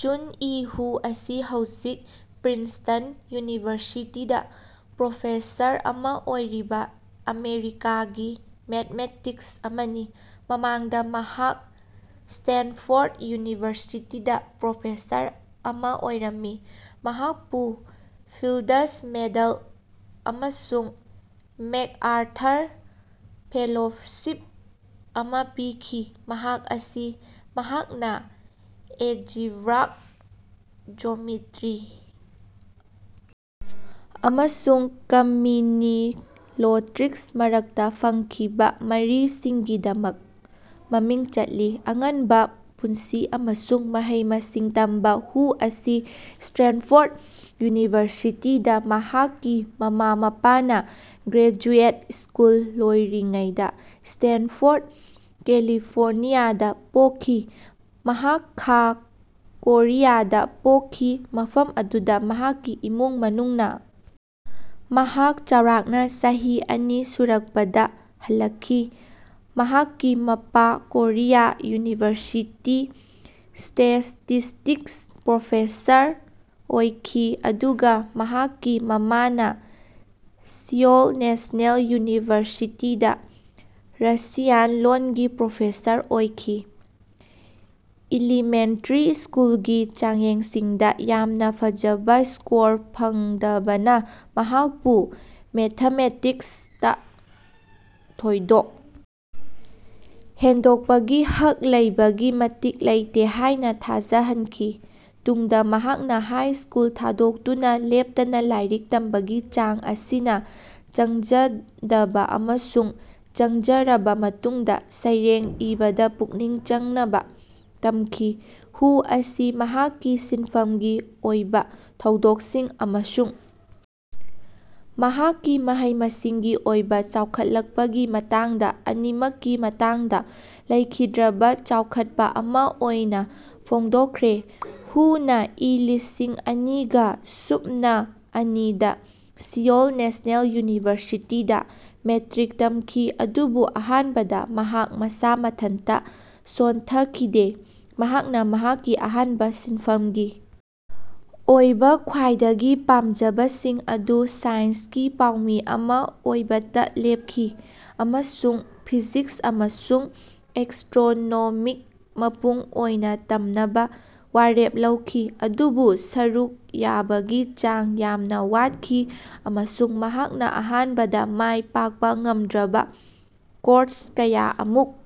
June E Huh ꯑꯁꯤ ꯍꯧꯖꯤꯛ Princeton ꯌꯨꯅꯤꯚꯔꯁꯤꯇꯤꯗꯥ professor ꯑꯃ ꯑꯣꯏꯔꯤꯕ ꯑꯃꯦꯔꯤꯀꯥꯒꯤ ꯃꯦꯊꯦꯃꯦꯇꯤꯁ ꯑꯃꯅꯤ꯫ ꯃꯃꯥꯡꯗ ꯃꯍꯥꯛ ꯁꯇꯦꯟꯐꯣꯔꯠ ꯌꯨꯅꯤꯚꯔꯁꯤꯇꯤꯗꯥ ꯄ꯭ꯔꯣꯐꯦꯁꯔ ꯑꯃ ꯑꯣꯏꯔꯝꯃꯤ꯫ ꯃꯍꯥꯛꯄꯨ ꯐꯤꯜꯗꯁ ꯃꯦꯗꯜ ꯑꯃꯁꯨꯡ ꯃꯦꯛꯑꯥꯔꯊꯔ ꯐꯦꯂꯣꯁꯤꯞ ꯑꯃ ꯄꯤꯈꯤ꯫ ꯃꯍꯥꯛ ꯑꯁꯤ ꯃꯍꯥꯛꯅ ꯑꯦꯖꯤꯕꯔꯥꯏꯛ ꯖꯣꯃꯤꯇ꯭ꯔꯤ ꯑꯃꯁꯨꯡ ꯀꯝꯃꯤꯅꯤꯇꯣꯔꯤꯛꯁ ꯃꯔꯛꯇ ꯐꯪꯈꯤꯕ ꯃꯔꯤꯁꯤꯡꯒꯤꯗꯃꯛ ꯃꯃꯤꯡ ꯆꯠꯂꯤ꯫ ꯑꯉꯟꯕ ꯄꯨꯟꯁꯤ ꯑꯃꯁꯨꯡ ꯃꯍꯩ-ꯃꯁꯤꯡ ꯇꯝꯕ ꯍꯨ ꯑꯁꯤ ꯁ꯭ꯇꯦꯟꯐꯣꯔꯠ ꯌꯨꯅꯤꯚꯔꯁꯤꯇꯤꯗꯥ ꯃꯍꯥꯛꯀꯤ ꯃꯃꯥ-ꯃꯄꯥꯅ ꯒ꯭ꯔꯦꯖꯨꯑꯦꯠ ꯁ꯭ꯀꯨꯜ ꯂꯣꯏꯔꯤꯉꯩꯗ ꯁ꯭ꯇꯦꯟꯐꯣꯔꯠ, ꯀꯦꯂꯤꯐꯣꯔꯅꯤꯌꯥꯗ ꯄꯣꯛꯈꯤ꯫ ꯃꯍꯥꯛ ꯈꯥ ꯀꯣꯔꯤꯌꯥꯗ ꯌꯣꯛꯈꯤ, ꯃꯐꯝ ꯑꯗꯨꯗ ꯃꯍꯥꯛꯀꯤ ꯏꯃꯨꯡ ꯃꯅꯨꯡꯅ ꯃꯍꯥꯛ ꯆꯥꯎꯔꯥꯛꯅ ꯆꯍꯤ ꯑꯅꯤ ꯁꯨꯔꯛꯄꯗ ꯍꯜꯂꯛꯈꯤ꯫ ꯃꯍꯥꯛꯀꯤ ꯃꯄꯥ ꯀꯣꯔꯤꯌꯥ ꯌꯨꯅꯤꯚꯔꯁꯤꯇꯤ ꯁ꯭ꯇꯦꯇꯤꯁꯇꯤꯛꯁ ꯄ꯭ꯔꯣꯐꯦꯁꯔ ꯑꯣꯏꯈꯤ, ꯑꯗꯨꯒ ꯃꯍꯥꯛꯀꯤ ꯃꯃꯥꯅ ꯁꯤꯑꯣꯜ ꯅꯦꯁꯅꯦꯜ ꯌꯨꯅꯤꯚꯔꯁꯤꯇꯤꯗꯥ ꯔꯁꯤꯌꯟ ꯂꯣꯟꯒꯤ ꯄ꯭ꯔꯣꯐꯦꯁꯔ ꯑꯣꯏꯈꯤ꯫ ꯏꯂꯤꯃꯦꯟꯇꯔꯤ ꯁ꯭ꯀꯨꯜꯒꯤ ꯆꯥꯡꯌꯦꯡꯁꯤꯡꯗ ꯌꯥꯝꯅ ꯐꯖꯅ ꯁ꯭ꯀꯣꯔ ꯐꯪꯗꯕꯅ ꯃꯍꯥꯛꯄꯨ ꯃꯦꯊꯥꯃꯦꯇꯤꯛꯁꯇ ꯊꯣꯏꯗꯣꯛ ꯍꯦꯟꯗꯣꯛꯄꯒꯤ ꯍꯛ ꯂꯩꯕꯒꯤ ꯃꯇꯤꯛ ꯂꯩꯇꯦ ꯍꯥꯏꯅ ꯊꯥꯖꯍꯟꯈꯤ꯫ ꯇꯨꯡꯗ ꯃꯍꯥꯛꯅ ꯍꯥꯏ ꯁ꯭ꯀꯨꯜ ꯊꯥꯗꯣꯛꯇꯨꯅ ꯂꯦꯞꯇꯅ ꯂꯥꯏꯔꯤꯛ ꯇꯝꯕꯒꯤ ꯆꯥꯡ ꯑꯁꯤꯅ ꯆꯪꯖꯗꯕ ꯑꯃꯁꯨꯡ ꯆꯪꯖꯔꯕ ꯃꯇꯨꯡꯗ ꯁꯩꯔꯦꯡ ꯏꯕꯗ ꯄꯨꯛꯅꯤꯡ ꯆꯪꯅꯕ ꯇꯝꯈꯤ꯫ ꯍꯨ ꯑꯁꯤ ꯃꯍꯥꯛꯀꯤ ꯁꯤꯟꯐꯝꯒꯤ ꯑꯣꯏꯕ ꯊꯧꯗꯣꯛꯁꯤꯡ ꯑꯃꯁꯨꯡ ꯃꯍꯥꯛꯀꯤ ꯃꯍꯩ-ꯃꯁꯤꯡꯒꯤ ꯑꯣꯏꯅ ꯆꯥꯎꯈꯠꯂꯛꯄꯒꯤ ꯃꯇꯥꯡꯗ ꯑꯅꯤꯃꯛꯀꯤ ꯃꯇꯥꯡꯗ, ꯂꯩꯈꯤꯗ꯭ꯔꯕ ꯆꯥꯎꯈꯠꯄ ꯑꯃ ꯑꯣꯏꯅ ꯐꯣꯡꯗꯣꯛꯈ꯭ꯔꯦ꯫ ꯍꯨꯅ ꯏꯪ ꯂꯤꯁꯤꯡ ꯑꯅꯤꯒꯥ ꯁꯨꯞꯅꯥ ꯑꯅꯤꯗ ꯁꯤꯑꯣꯜ ꯅꯦꯁꯅꯦꯜ ꯌꯨꯅꯤꯚꯔꯁꯤꯇꯤꯗꯥ ꯃꯦꯇ꯭ꯔꯤꯛ ꯇꯝꯈꯤ, ꯑꯗꯨꯕꯨ ꯑꯍꯥꯟꯕꯗ ꯃꯍꯥꯛ ꯃꯁꯥ ꯃꯊꯟꯇ ꯁꯣꯟꯊꯈꯤꯗꯦ꯫ ꯃꯍꯥꯛꯅ ꯃꯍꯥꯛꯀꯤ ꯑꯍꯥꯟꯕ ꯁꯤꯟꯐꯝꯒꯤ ꯑꯣꯏꯕ ꯈ꯭ꯋꯥꯏꯗꯒꯤ ꯄꯥꯝꯖꯕꯁꯤꯡ ꯑꯗꯨ ꯁꯥꯏꯟ꯭ꯁꯀꯤ ꯄꯥꯎꯃꯤ ꯑꯃ ꯑꯣꯏꯕꯗ ꯂꯦꯞꯈꯤ ꯑꯃꯁꯨꯡ ꯐꯤꯖꯤꯛꯁ ꯑꯃꯁꯨꯡ ꯑꯦꯁꯇ꯭ꯔꯣꯅꯣꯃꯤꯗ ꯃꯄꯨꯡ ꯑꯣꯏꯅ ꯇꯝꯅꯕ ꯋꯥꯔꯦꯞ ꯂꯧꯈꯤ, ꯑꯗꯨꯕꯨ ꯁꯔꯨꯛ ꯌꯥꯕꯒꯤ ꯆꯥꯡ ꯌꯥꯝꯅ ꯋꯥꯠꯈꯤ ꯑꯃꯁꯨꯡ ꯃꯍꯥꯛꯅ ꯑꯍꯥꯟꯕꯗ ꯃꯥꯏ ꯄꯥꯛꯄ ꯉꯝꯗ꯭ꯔꯕ ꯀꯣꯔꯁ ꯀꯌꯥ ꯑꯃꯨꯛ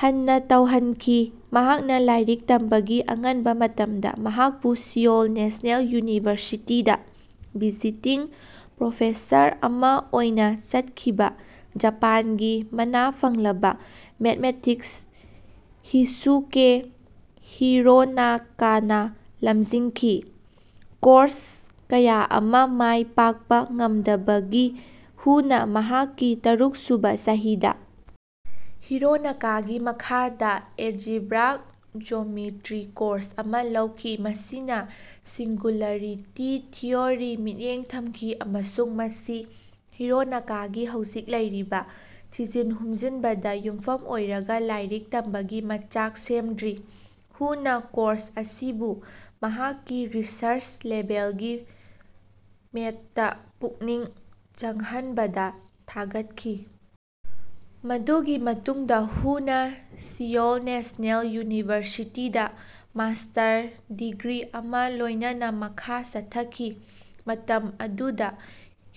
ꯍꯟꯅ ꯇꯧꯍꯟꯈꯤ꯫ ꯃꯍꯥꯛꯅ ꯂꯥꯏꯔꯤꯛ ꯇꯝꯕꯒꯤ ꯑꯉꯟꯕ ꯃꯇꯝꯗ ꯃꯍꯥꯛꯄꯨ ꯁꯤꯑꯣꯜ ꯅꯦꯁꯅꯦꯜ ꯌꯨꯅꯤꯚꯔꯁꯤꯇꯤꯗ ꯚꯤꯖꯤꯇꯤꯡ ꯄ꯭ꯔꯣꯐꯦꯁꯔ ꯑꯃ ꯑꯣꯏꯅ ꯆꯠꯈꯤꯕ, ꯖꯄꯥꯟꯒꯤ ꯃꯅꯥ ꯐꯪꯂꯕ ꯃꯦꯊꯥꯃꯦꯇꯤꯛꯁ ꯍꯤꯁꯨꯀꯦ ꯍꯤꯔꯣꯅꯥꯀꯥꯅ ꯂꯝꯖꯤꯡꯈꯤ꯫ ꯀꯣꯔꯁ ꯀꯌꯥ ꯑꯃ ꯃꯥꯏ ꯄꯥꯛꯄ ꯉꯝꯗꯕꯗꯒꯤ ꯍꯨꯅ ꯃꯍꯥꯛꯀꯤ ꯇꯔꯨꯛꯁꯨꯕ ꯆꯍꯤꯗ ꯍꯤꯔꯣꯅꯥꯀꯒꯤ ꯃꯈꯥꯗ ꯑꯦꯖꯤꯕ꯭ꯔꯥꯏꯛ ꯖꯣꯃꯤꯇ꯭ꯔꯤ ꯀꯣꯔꯁ ꯑꯃ ꯂꯧꯈꯤ, ꯃꯁꯤꯅ ꯁꯤꯡꯒꯨꯂꯔꯤꯇꯤ ꯊꯤꯑꯣꯔꯤ ꯃꯤꯠꯌꯦꯡ ꯊꯝꯈꯤ ꯑꯃꯁꯨꯡ ꯃꯁꯤ ꯍꯤꯔꯣꯅꯥꯀꯥꯒꯤ ꯍꯧꯖꯤꯛ ꯂꯩꯔꯤꯕ ꯊꯤꯖꯤꯟ-ꯍꯨꯝꯖꯤꯟꯕꯗ ꯌꯨꯝꯐꯝ ꯑꯣꯏꯔꯒ ꯂꯥꯏꯔꯤꯛ ꯇꯝꯕꯒꯤ ꯃꯆꯥꯛ ꯁꯦꯝꯗ꯭ꯔꯤ꯫ ꯍꯨꯅ ꯀꯣꯔꯁ ꯑꯁꯤꯕꯨ ꯃꯍꯥꯛꯀꯤ ꯔꯤꯁꯔ꯭ꯆ-ꯂꯦꯕꯦꯜꯒꯤ ꯃꯦꯠꯇ ꯄꯨꯛꯅꯤꯡ ꯆꯪꯍꯟꯕꯗ ꯊꯥꯒꯠꯈꯤ꯫ ꯃꯗꯨꯒꯤ ꯃꯇꯨꯡꯗ ꯍꯨꯅ ꯁꯤꯑꯣꯜ ꯅꯦꯁꯅꯦꯜ ꯌꯨꯅꯤꯚꯔꯁꯤꯇꯤꯗ ꯃꯥꯁꯇꯔ ꯗꯤꯒ꯭ꯔꯤ ꯑꯃ ꯂꯣꯏꯅꯕ ꯃꯈꯥ ꯆꯠꯊꯈꯤ, ꯃꯇꯝ ꯑꯗꯨꯗ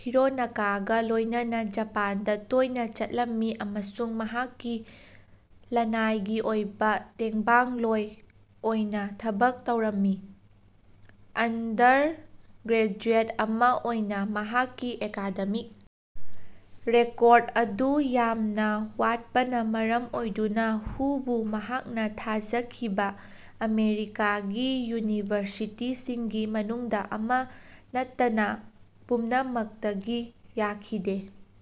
ꯍꯤꯔꯣꯅꯥꯀꯥꯒ ꯂꯣꯏꯅꯅꯥ ꯖꯄꯥꯟꯗ ꯇꯣꯏꯅ ꯆꯠꯂꯝꯃꯤ ꯑꯃꯁꯨꯡ ꯃꯍꯥꯛꯀꯤ ꯂꯅꯥꯏꯒꯤ ꯑꯣꯏꯕ ꯇꯦꯡꯕꯥꯡꯂꯣꯏ ꯑꯣꯏꯅ ꯊꯕꯛ ꯇꯧꯔꯝꯃꯤ꯫ ꯑꯟꯗꯔ ꯒ꯭ꯔꯦꯖꯨꯑꯦꯠ ꯑꯃ ꯑꯣꯏꯅ ꯃꯍꯥꯛꯀꯤ ꯑꯦꯀꯥꯗꯃꯤꯛ ꯔꯦꯀꯣꯔꯠ ꯑꯗꯨ ꯌꯥꯝꯅ ꯋꯥꯠꯄꯅ ꯃꯔꯝ ꯑꯣꯏꯗꯨꯅ ꯍꯨꯕꯨ ꯃꯍꯥꯛꯅ ꯍꯥꯏꯖꯈꯤꯕ ꯑꯃꯦꯔꯤꯀꯥꯒꯤ ꯌꯨꯅꯤꯚꯔꯁꯤꯇꯤꯁꯤꯡꯒꯤ ꯃꯅꯨꯡꯗ ꯑꯃ ꯅꯠꯇꯅ ꯄꯨꯝꯅꯃꯛꯇꯒꯤ ꯌꯥꯈꯤꯗꯦ꯫